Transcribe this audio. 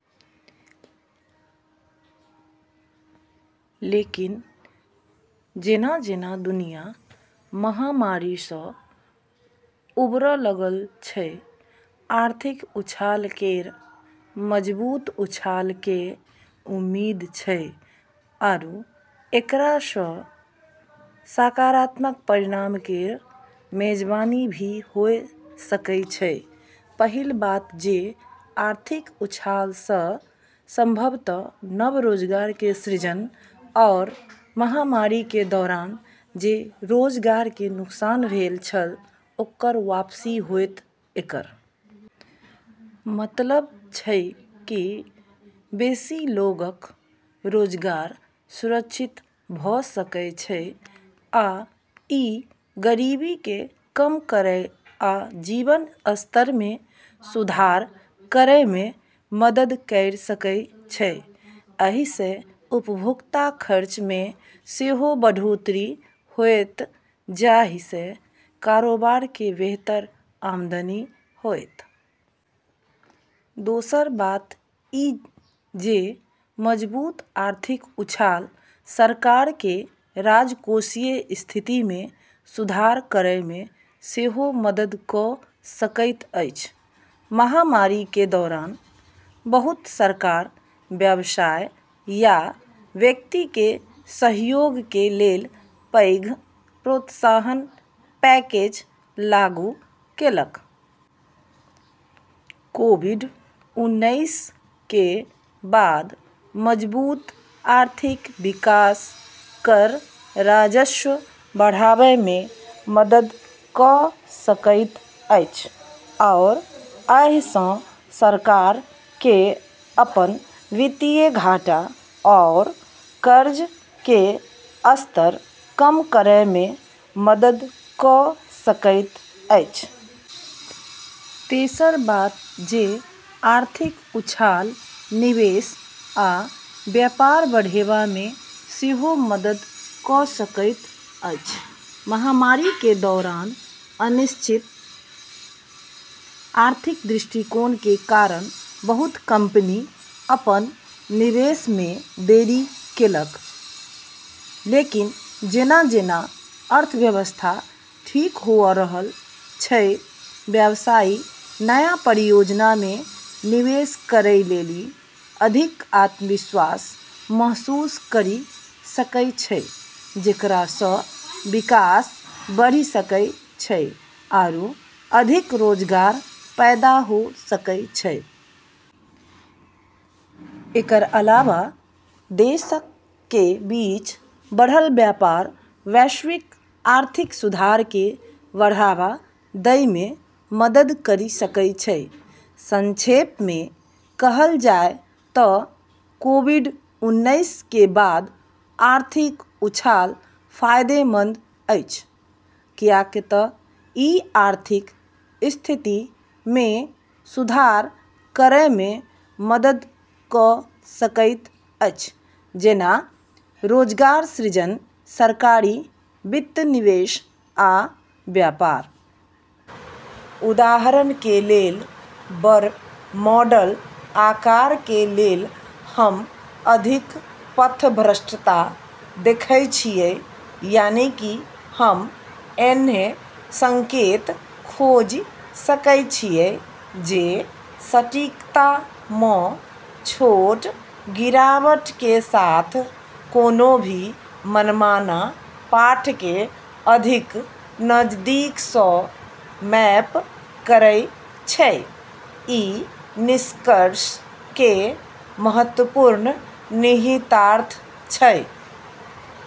लेकिन जेना-जेना दुनिया महामारी सऽ उबरऽ लगलऽ छै, आर्थिक उछाल केरऽ मजबूत उछाल के उम्मीद छै आरू एकरा सऽ सकारात्मक परिणाम केरऽ मेजबानी भी होय सकै छै। पहिल बात जे आर्थिक उछाल सऽ संभवतः नव रोजगार के सृजन आओर महामारी के दौरान जे रोजगार के नुकसान भेल छल ओकर वापसी होएत ।एकर मतलब छै की बेसि लोगक रोजगार सुरक्षित भ सकय छै आ इ गरीबी के कम करय आ जीवन स्तर मे सुधार करय मे मदद कयर सकय छै। एहि स उपभोक्ता खर्च मे सेहो बढ़ोतरी होएत जाहि सऽ कारोबार के बेहतर आमदनी होएत। दोसर बात ई जे मजबूत आर्थिक उछाल सरकार के राजकोषीय स्थिति मे सुधार करय मे सेहो मदद क सकैत अछि। महामारी के दौरान बहुत सरकार व्यवसाय आ व्यक्ति के सहयोग के लेल पैघ प्रोत्साहन पैकेज लागू केलक। कोविड-उनैस के बाद मजबूत आर्थिक विकास कर राजस्व बढ़ाबय मे मदद क सकैत अछि आओर एहि सं सरकार के अपन वित्तीय घाटा आओर कर्ज के स्तर कम करय मे मदद क सकैत अछि। तेसर बात जे आर्थिक उछाल निवेश आ व्यापार बढ़ेबा मे सेहो मदद कऽ सकैत अछि। महामारी के दौरान अनिश्चित आर्थिक दृष्टिकोण के कारण बहुत कंपनी अपन निवेश में देरी केलक। लेकिन जेना-जेना अर्थव्यवस्था ठीक होय रहलऽ छै, व्यवसायी नया परियोजना म॑ निवेश करै लेली अधिक आत्मविश्वास महसूस करी सकै छै, जेकरा सऽ विकास बढ़ी सकै छै आरू अधिक रोजगार पैदा होय सकै छै। एकरऽ अलावा देशऽ के बीच बढ़लऽ व्यापार वैश्विक आर्थिक सुधार के बढ़ावा दै मे मदद करी सकै छै। संक्षेप मे कहल जाय त कोविड-उनैस के बाद आर्थिक उछाल फायदेमंद अछि कियाक त ई आर्थिक स्थिति में सुधार करय मे मदद क सकैत अछि जेना रोजगार सृजन सरकारी वित्त निवेश आ व्यापार। उदाहरण के लेलऽ, बड़ऽ मॉडल आकार के लेलऽ हम्म अधिक पथभ्रष्टता देखै छियै, यानी कि हम्म ऐन्हऽ संकेत खोजि सकै छियै जे सटीकता मऽ छोटऽ गिरावट के साथ कोनो भी मनमाना पाठ के अधिक नजदीक सऽ मैप करै छै। ई निष्कर्षऽ के महत्वपूर्ण निहितार्थ छै।